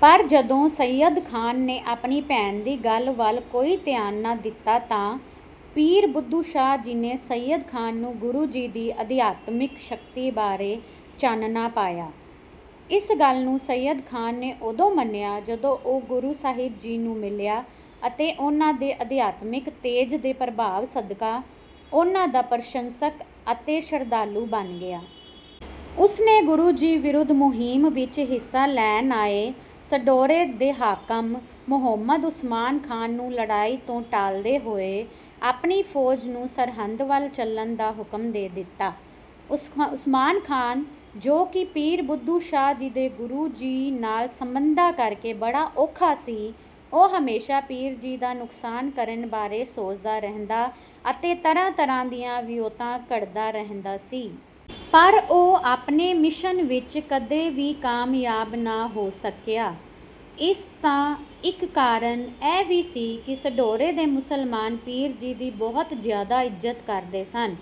ਪਰ ਜਦੋਂ ਸੱਯਦ ਖਾਂ ਨੇ ਆਪਣੀ ਭੈਣ ਦੀ ਗੱਲ ਵੱਲ ਕੋਈ ਧਿਆਨ ਨਾ ਦਿੱਤਾ ਤਾਂ ਪੀਰ ਬੁੱਧੂ ਸ਼ਾਹ ਜੀ ਨੇ ਸੱਯਦ ਖਾਂ ਨੂੰ ਗੁਰੂ ਜੀ ਦੀ ਅਧਿਆਤਮਿਕ ਸ਼ਕਤੀ ਬਾਰੇ ਚਾਨਣਾ ਪਾਇਆ। ਇਸ ਗੱਲ ਨੂੰ ਸੱਯਦ ਖਾਂ ਨੇ ਉਦੋਂ ਮੰਨਿਆ ਜਦੋਂ ਉਹ ਗੁਰੂ ਸਾਹਿਬ ਜੀ ਨੂੰ ਮਿਲਿਆ ਅਤੇ ਉਨ੍ਹਾਂ ਦੇ ਅਧਿਆਤਮਿਕ ਤੇਜ ਦੇ ਪ੍ਰਭਾਵ ਸਦਕਾ, ਉਨ੍ਹਾਂ ਦਾ ਪ੍ਰਸ਼ੰਸਕ ਅਤੇ ਸ਼ਰਧਾਲੂ ਬਣ ਗਿਆ। ਉਸ ਨੇ ਗੁਰੂ ਜੀ ਵਿਰੁੱਧ ਮੁਹਿੰਮ ਵਿੱਚ ਹਿੱਸਾ ਲੈਣ ਆਏ ਸਢੌਰੇ ਦੇ ਹਾਕਮ ਮੁਹੰਮਦ ਉਸਮਾਨ ਖਾਂ ਨੂੰ ਲੜਾਈ ਤੋਂ ਟਾਲਦੇ ਹੋਏ ਆਪਣੀ ਫੌਜ ਨੂੰ ਸਰਹਿੰਦ ਵੱਲ ਚੱਲਣ ਦਾ ਹੁਕਮ ਦੇ ਦਿੱਤਾ। ਉਸਮਾਨ ਖਾਂ, ਜੋ ਕਿ ਪੀਰ ਬੁੱਧੂ ਸ਼ਾਹ ਜੀ ਦੇ ਗੁਰੂ ਜੀ ਨਾਲ ਸੰਬੰਧਾਂ ਕਰਕੇ ਬੜਾ ਔਖਾ ਸੀ, ਉਹ ਹਮੇਸ਼ਾ ਪੀਰ ਜੀ ਦਾ ਨੁਕਸਾਨ ਕਰਨ ਬਾਰੇ ਸੋਚਦਾ ਰਹਿੰਦਾ ਅਤੇ ਤਰ੍ਹਾਂ-ਤਰ੍ਹਾਂ ਦੀਆਂ ਵਿਉਂਤਾਂ ਘੜਦਾ ਰਹਿੰਦਾ ਸੀ। ਪਰ ਉਹ ਆਪਣੇ ਮਿਸ਼ਨ ਵਿੱਚ ਕਦੇ ਵੀ ਕਾਮਯਾਬ ਨਾ ਹੋ ਸਕਿਆ। ਇਸ ਦਾ ਇੱਕ ਕਾਰਨ ਇਹ ਵੀ ਸੀ ਕਿ ਸਢੌਰੇ ਦੇ ਮੁਸਲਮਾਨ ਪੀਰ ਜੀ ਦੀ ਬਹੁਤ ਜ਼ਿਆਦਾ ਇੱਜ਼ਤ ਕਰਦੇ ਸਨ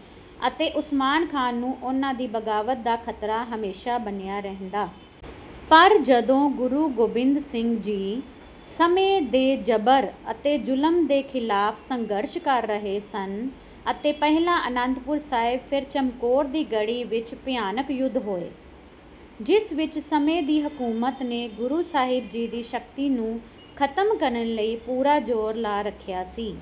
ਅਤੇ ਉਸਮਾਨ ਖਾਂ ਨੂੰ ਉਨ੍ਹਾਂ ਦੀ ਬਗ਼ਾਵਤ ਦਾ ਖ਼ਤਰਾ ਹਮੇਸ਼ਾ ਬਣਿਆ ਰਹਿੰਦਾ। ਪਰ ਜਦੋਂ ਗੁਰੂ ਗੋਬਿੰਦ ਸਿੰਘ ਜੀ ਸਮੇਂ ਦੇ ਜਬਰ ਅਤੇ ਜ਼ੁਲਮ ਦੇ ਖਿਲਾਫ਼ ਸੰਘਰਸ਼ ਕਰ ਰਹੇ ਸਨ ਅਤੇ ਪਹਿਲਾਂ ਆਨੰਦਪੁਰ ਸਾਹਿਬ ਫਿਰ ਚਮਕੌਰ ਦੀ ਗੜ੍ਹੀ ਵਿੱਚ ਭਿਆਨਕ ਯੁੱਧ ਹੋਏ, ਜਿਸ ਵਿੱਚ ਸਮੇਂ ਦੀ ਹਕੂਮਤ ਨੇ ਗੁਰੂ ਸਾਹਿਬ ਜੀ ਦੀ ਸ਼ਕਤੀ ਨੂੰ ਖਤਮ ਕਰਨ ਲਈ ਪੂਰਾ ਜ਼ੋਰ ਲਾ ਰੱਖਿਆ ਸੀ।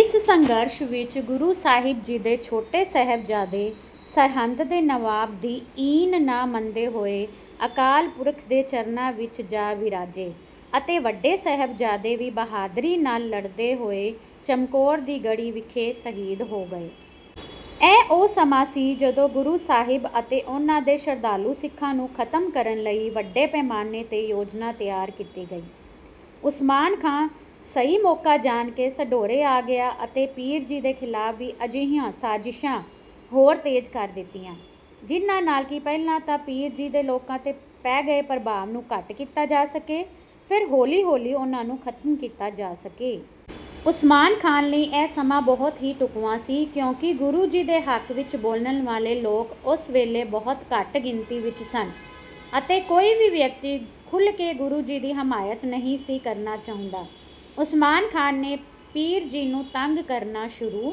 ਇਸ ਸੰਘਰਸ਼ ਵਿੱਚ ਗੁਰੂ ਸਾਹਿਬ ਜੀ ਦੇ ਛੋਟੇ ਸਾਹਿਬਜ਼ਾਦੇ ਸਰਹਿੰਦ ਦੇ ਨਵਾਬ ਦੀ ਈਨ ਨਾ ਮੰਨਦੇ ਹੋਏ ਅਕਾਲ ਪੁਰਖ ਦੇ ਚਰਨਾਂ ਵਿੱਚ ਜਾ ਬਿਰਾਜੇ ਅਤੇ ਵੱਡੇ ਸਾਹਿਬਜ਼ਾਦੇ ਵੀ ਬਹਾਦਰੀ ਨਾਲ ਲੜਦੇ ਹੋਏ ਚਮਕੌਰ ਦੀ ਗੜ੍ਹੀ ਵਿਖੇ ਸ਼ਹੀਦ ਹੋ ਗਏ। ਇਹ ਉਹ ਸਮਾਂ ਸੀ, ਜਦੋਂ ਗੁਰੂ ਸਾਹਿਬ ਅਤੇ ਉਨ੍ਹਾਂ ਦੇ ਸ਼ਰਧਾਲੂ ਸਿੱਖਾਂ ਨੂੰ ਖਤਮ ਕਰਨ ਲਈ ਵੱਡੇ ਪੈਮਾਨੇ ਤੇ ਯੋਜਨਾ ਤਿਆਰ ਕੀਤੀ ਗਈ। ਉਸਮਾਨ ਖਾਂ ਸਹੀ ਮੌਕਾ ਜਾਣ ਕੇ ਸਢੌਰੇ ਆ ਗਿਆ ਅਤੇ ਪੀਰ ਜੀ ਦੇ ਖਿਲਾਫ਼ ਵੀ ਅਜਿਹੀਆਂ ਸਾਜ਼ਿਸ਼ਾਂ ਹੋਰ ਤੇਜ਼ ਕਰ ਦਿੱਤੀਆਂ, ਜਿਨ੍ਹਾਂ ਨਾਲ ਕਿ ਪਹਿਲਾਂ ਤਾਂ ਪੀਰ ਜੀ ਦੇ ਲੋਕਾਂ ਤੇ ਪੈ ਰਹੇ ਪ੍ਰਭਾਵ ਨੂੰ ਘੱਟ ਕੀਤਾ ਜਾ ਸਕੇ ਫਿਰ ਹੌਲੀ-ਹੌਲੀ ਉਨ੍ਹਾਂ ਨੂੰ ਖਤਮ ਕੀਤਾ ਜਾ ਸਕੇ। ਉਸਮਾਨ ਖਾਂ ਲਈ ਇਹ ਸਮਾਂ ਬਹੁਤ ਹੀ ਢੁਕਵਾਂ ਸੀ, ਕਿਉਂਕਿ ਗੁਰੂ ਜੀ ਦੇ ਹੱਕ ਵਿੱਚ ਬੋਲਣ ਵਾਲੇ ਲੋਕ ਉਸ ਵੇਲੇ ਬਹੁਤ ਘੱਟ ਗਿਣਤੀ ਵਿੱਚ ਸਨ ਅਤੇ ਕੋਈ ਵੀ ਵਿਅਕਤੀ ਖੁੱਲ੍ਹ ਕੇ ਗੁਰੂ ਜੀ ਦੀ ਹਮਾਇਤ ਨਹੀਂ ਸੀ ਕਰਨਾ ਚਾਹੁੰਦਾ। ਉਸਮਾਨ ਖਾਂ ਨੇ ਪੀਰ ਜੀ ਨੂੰ ਤੰਗ ਕਰਨਾ ਸ਼ੁਰੂ